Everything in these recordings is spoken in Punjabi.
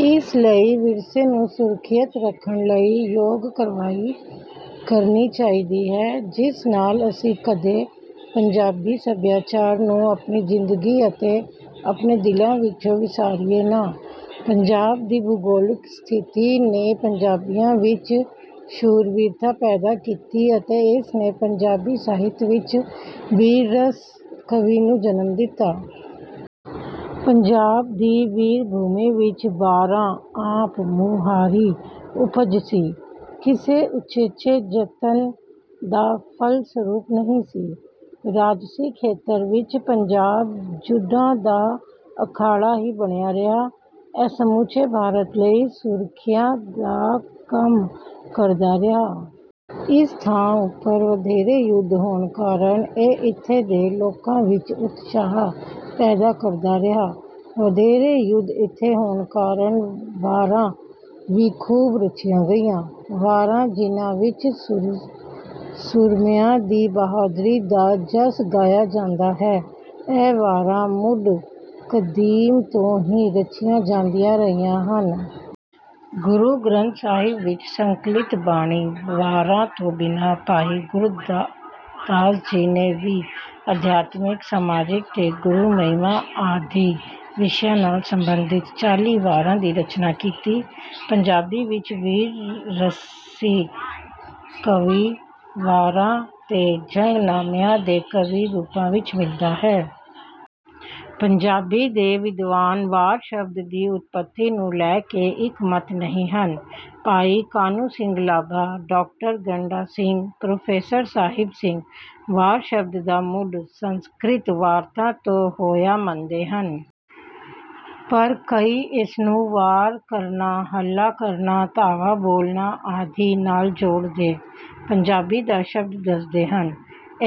ਇਸ ਲਈ ਵਿਰਸੇ ਨੂੰ ਸੁਰੱਖਿਅਤ ਰੱਖਣ ਲਈ ਯੋਗ ਕਾਰਵਾਈ ਕਰਨੀ ਚਾਹੀਦੀ ਹੈ, ਜਿਸ ਨਾਲ ਅਸੀਂ ਕਦੇ 'ਪੰਜਾਬੀ ਸੱਭਿਆਚਾਰ' ਨੂੰ ਆਪਣੀ ਜ਼ਿੰਦਗੀ ਅਤੇ ਆਪਣੇ ਦਿਲਾਂ ਵਿੱਚੋਂ ਵਿਸਾਰੀਏ ਨਾ। ਪੰਜਾਬ ਦੀ ਭੂਗੋਲਿਕ ਸਥਿਤੀ ਨੇ ਪੰਜਾਬੀਆਂ ਵਿੱਚ ਸ਼ੂਰਬੀਰਤਾ ਪੈਦਾ ਕੀਤੀ, ਅਤੇ ਇਸ ਨੇ ਪੰਜਾਬੀ ਸਾਹਿਤ ਵਿੱਚ ਬੀਰ-ਰਸੀ ਕਾਵਿ ਨੂੰ ਜਨਮ ਦਿੱਤਾ। ਪੰਜਾਬ ਦੀ ਵੀਰ-ਭੂਮੀ ਵਿੱਚ 'ਵਾਰਾਂ' ਆਪ-ਮੁਹਾਰੀ ਉਪਜ ਸੀ, ਕਿਸੇ ਉਚੇਚੇ ਜਤਨ ਦਾ ਫਲਸਰੂਪ ਨਹੀਂ ਸੀ। ਰਾਜਸੀ ਖੇਤਰ ਵਿੱਚ ਪੰਜਾਬ ਜੁੱਧਾਂ ਦਾ ਅਖਾੜਾ ਹੀ ਬਣਿਆ ਰਿਹਾ, ਇਹ ਸਮੁੱਚੇ ਭਾਰਤ ਲਈ ਸੁਰੱਖਿਆ ਦਾ ਕੰਮ ਕਰਦਾ ਰਿਹਾ। ਇਸ ਥਾਂ ਉੱਪਰ ਵਧੇਰੇ ਜੁੱਧ ਹੋਣ ਕਾਰਨ ਇਹ ਇੱਥੇ ਦੇ ਲੋਕਾਂ ਵਿੱਚ ਉਤਸ਼ਾਹ ਪੈਦਾ ਕਰਦਾ ਰਿਹਾ। ਵਧੇਰੇ ਜੁੱਧ ਇੱਥੇ ਹੋਣ ਕਾਰਨ ਵਾਰਾਂ ਵੀ ਖੂਬ ਰਚੀਆਂ ਗਈਆਂ। ਵਾਰਾਂ, ਜਿਹਨਾਂ ਵਿੱਚ ਸੂਰਮਿਆਂ ਦੀ ਬਹਾਦਰੀ ਦਾ ਜਸ ਗਾਇਆ ਜਾਂਦਾ ਹੈ, ਇਹ ਵਾਰਾਂ ਮੁੱਢ-ਕਦੀਮ ਤੋਂ ਹੀ ਰਚੀਆਂ ਜਾਂਦੀਆਂ ਰਹੀਆਂ ਹਨ। ਗੁਰੂ ਗ੍ਰੰਥ ਸਾਹਿਬ ਵਿੱਚ ਸੰਕਲਿਤ ਬਾਈ ਵਾਰਾਂ ਤੋਂ ਬਿਨਾਂ ਭਾਈ ਗੁਰਦਾਸ ਜੀ ਨੇ ਵੀ ਅਧਿਆਤਮਿਕ, ਸਮਾਜਿਕ ਤੇ ਗੁਰੂ-ਮਹਿਮਾ ਆਦਿ ਵਿਸ਼ਿਆਂ ਨਾਲ ਸੰਬੰਧਿਤ ਚਾਲੀ ਵਾਰਾਂ ਦੀ ਰਚਨਾ ਕੀਤੀ। ਪੰਜਾਬੀ ਵਿੱਚ ਬੀਰ-ਰਸੀ ਕਾਵਿ, ਵਾਰਾਂ ਤੇ ਜੰਗਨਾਮਿਆਂ ਦੇ ਕਾਵਿ-ਰੂਪਾਂ ਵਿੱਚ ਮਿਲਦਾ ਹੈ। ਪੰਜਾਬੀ ਦੇ ਵਿਦਵਾਨ 'ਵਾਰ' ਸ਼ਬਦ ਦੀ ਉਤਪੱਤੀ ਨੂੰ ਲੈ ਕੇ ਇੱਕਮਤ ਨਹੀਂ ਹਨ। ਭਾਈ ਕਾਨ੍ਹ ਸਿੰਘ ਨਾਭਾ, ਡਾਕਟਰ ਗੰਡਾ ਸਿੰਘ, ਪ੍ਰੋਫੈਸਰ ਸਾਹਿਬ ਸਿੰਘ 'ਵਾਰ' ਸ਼ਬਦ ਦਾ ਮੁੱਢ ਸੰਸਕ੍ਰਿਤ 'ਵਾਰਤਾ' ਤੋਂ ਹੋਇਆ ਮੰਨਦੇ ਹਨ। ਪਰ ਕਈ ਇਸਨੂੰ 'ਵਾਰ ਕਰਨਾ', 'ਹੱਲਾ ਕਰਨਾ', 'ਧਾਵਾ ਬੋਲਣਾ' ਆਦਿ ਨਾਲ ਜੋੜਦੇ ਪੰਜਾਬੀ ਦਾ ਸ਼ਬਦ ਦੱਸਦੇ ਹਨ।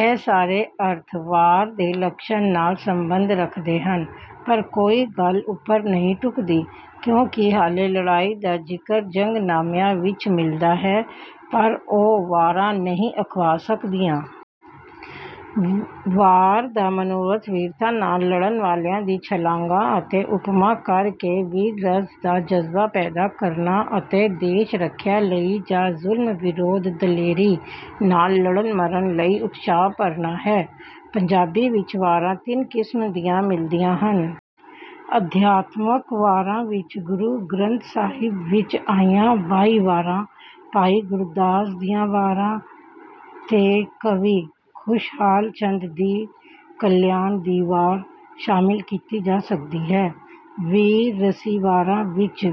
ਇਹ ਸਾਰੇ ਅਰਥ 'ਵਾਰ' ਦੇ ਲੱਛਣ ਨਾਲ ਸੰਬੰਧ ਰੱਖਦੇ ਹਨ, ਪਰ ਕੋਈ ਗੱਲ ਉੱਪਰ ਨਹੀਂ ਢੁਕਦੀ, ਕਿਉਂਕਿ ਹਾਲੇ ਲੜਾਈ ਦਾ ਜ਼ਿਕਰ ਜੰਗਨਾਮਿਆਂ ਵਿੱਚ ਮਿਲਦਾ ਹੈ, ਪਰ ਉਹ ਵਾਰਾਂ ਨਹੀਂ ਅਖਵਾ ਸਕਦੀਆਂ। ਵਾਰ ਦਾ ਮਨੋਰਥ ਬੀਰਤਾ ਨਾਲ ਲੜਨ ਵਾਲਿਆਂ ਦੀ ਸ਼ਲਾਘਾ ਅਤੇ ਉਪਮਾ ਕਰ ਕੇ ਬੀਰ-ਰਸ ਦਾ ਜਜ਼ਬਾ ਪੈਦਾ ਕਰਨਾ ਅਤੇ ਦੇਸ਼-ਰੱਖਿਆ ਲਈ ਜਾਂ ਜ਼ੁਲਮ ਵਿਰੁੱਧ ਦਲੇਰੀ ਨਾਲ ਲੜਨ-ਮਰਨ ਲਈ ਉਤਸ਼ਾਹ ਭਰਨਾ ਹੈ। ਪੰਜਾਬੀ ਵਿੱਚ ਵਾਰਾਂ ਤਿੰਨ ਕਿਸਮ ਦੀਆਂ ਮਿਲਦੀਆਂ ਹਨ। ਅਧਿਆਤਮਕ ਵਾਰਾਂ ਵਿੱਚ ਗੁਰੂ ਗ੍ਰੰਥ ਸਾਹਿਬ ਵਿੱਚ ਆਈਆਂ ਬਾਈ ਵਾਰਾਂ, ਭਾਈ ਗੁਰਦਾਸ ਦੀਆਂ ਵਾਰਾਂ ਤੇ ਕਵੀ ਖੁਸ਼ਹਾਲ ਚੰਦ ਦੀ 'ਕਲਿਆਨ ਦੀ ਵਾਰ' ਸ਼ਾਮਿਲ ਕੀਤੀ ਜਾ ਸਕਦੀ ਹੈ। ਬੀਰ-ਰਸੀ ਵਾਰਾਂ ਵਿੱਚ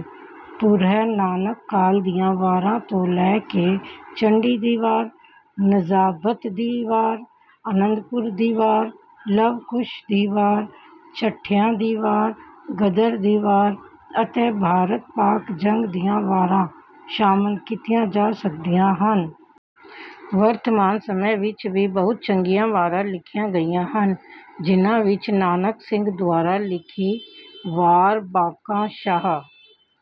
ਪੂਰਵ-ਨਾਨਕ ਕਾਲ ਦੀਆਂ ਵਾਰਾਂ ਤੋਂ ਲੈ ਕੇ 'ਚੰਡੀ ਦੀ ਵਾਰ', 'ਨਜਾਬਤ ਦੀ ਵਾਰ', 'ਅਨੰਦਪੁਰ ਦੀ ਵਾਰ', 'ਲਵ-ਕੁਸ਼ ਦੀ ਵਾਰ', 'ਚੱਠਿਆਂ ਦੀ ਵਾਰ', 'ਗਦਰ ਦੀ ਵਾਰ', ਅਤੇ 'ਭਾਰਤ-ਪਾਕ ਜੰਗ ਦੀਆਂ ਵਾਰਾਂ' ਸ਼ਾਮਲ ਕੀਤੀਆਂ ਜਾ ਸਕਦੀਆਂ ਹਨ। ਵਰਤਮਾਨ ਸਮੇਂ ਵਿੱਚ ਵੀ ਬਹੁਤ ਚੰਗੀਆਂ ਵਾਰਾਂ ਲਿਖੀਆਂ ਗਈਆਂ ਹਨ, ਜਿਹਨਾਂ ਵਿੱਚ ਨਾਨਕ ਸਿੰਘ ਦੁਆਰਾ ਲਿਖੀ 'ਵਾਰ ਬਾਂਕਾ ਸ਼ਾਹ'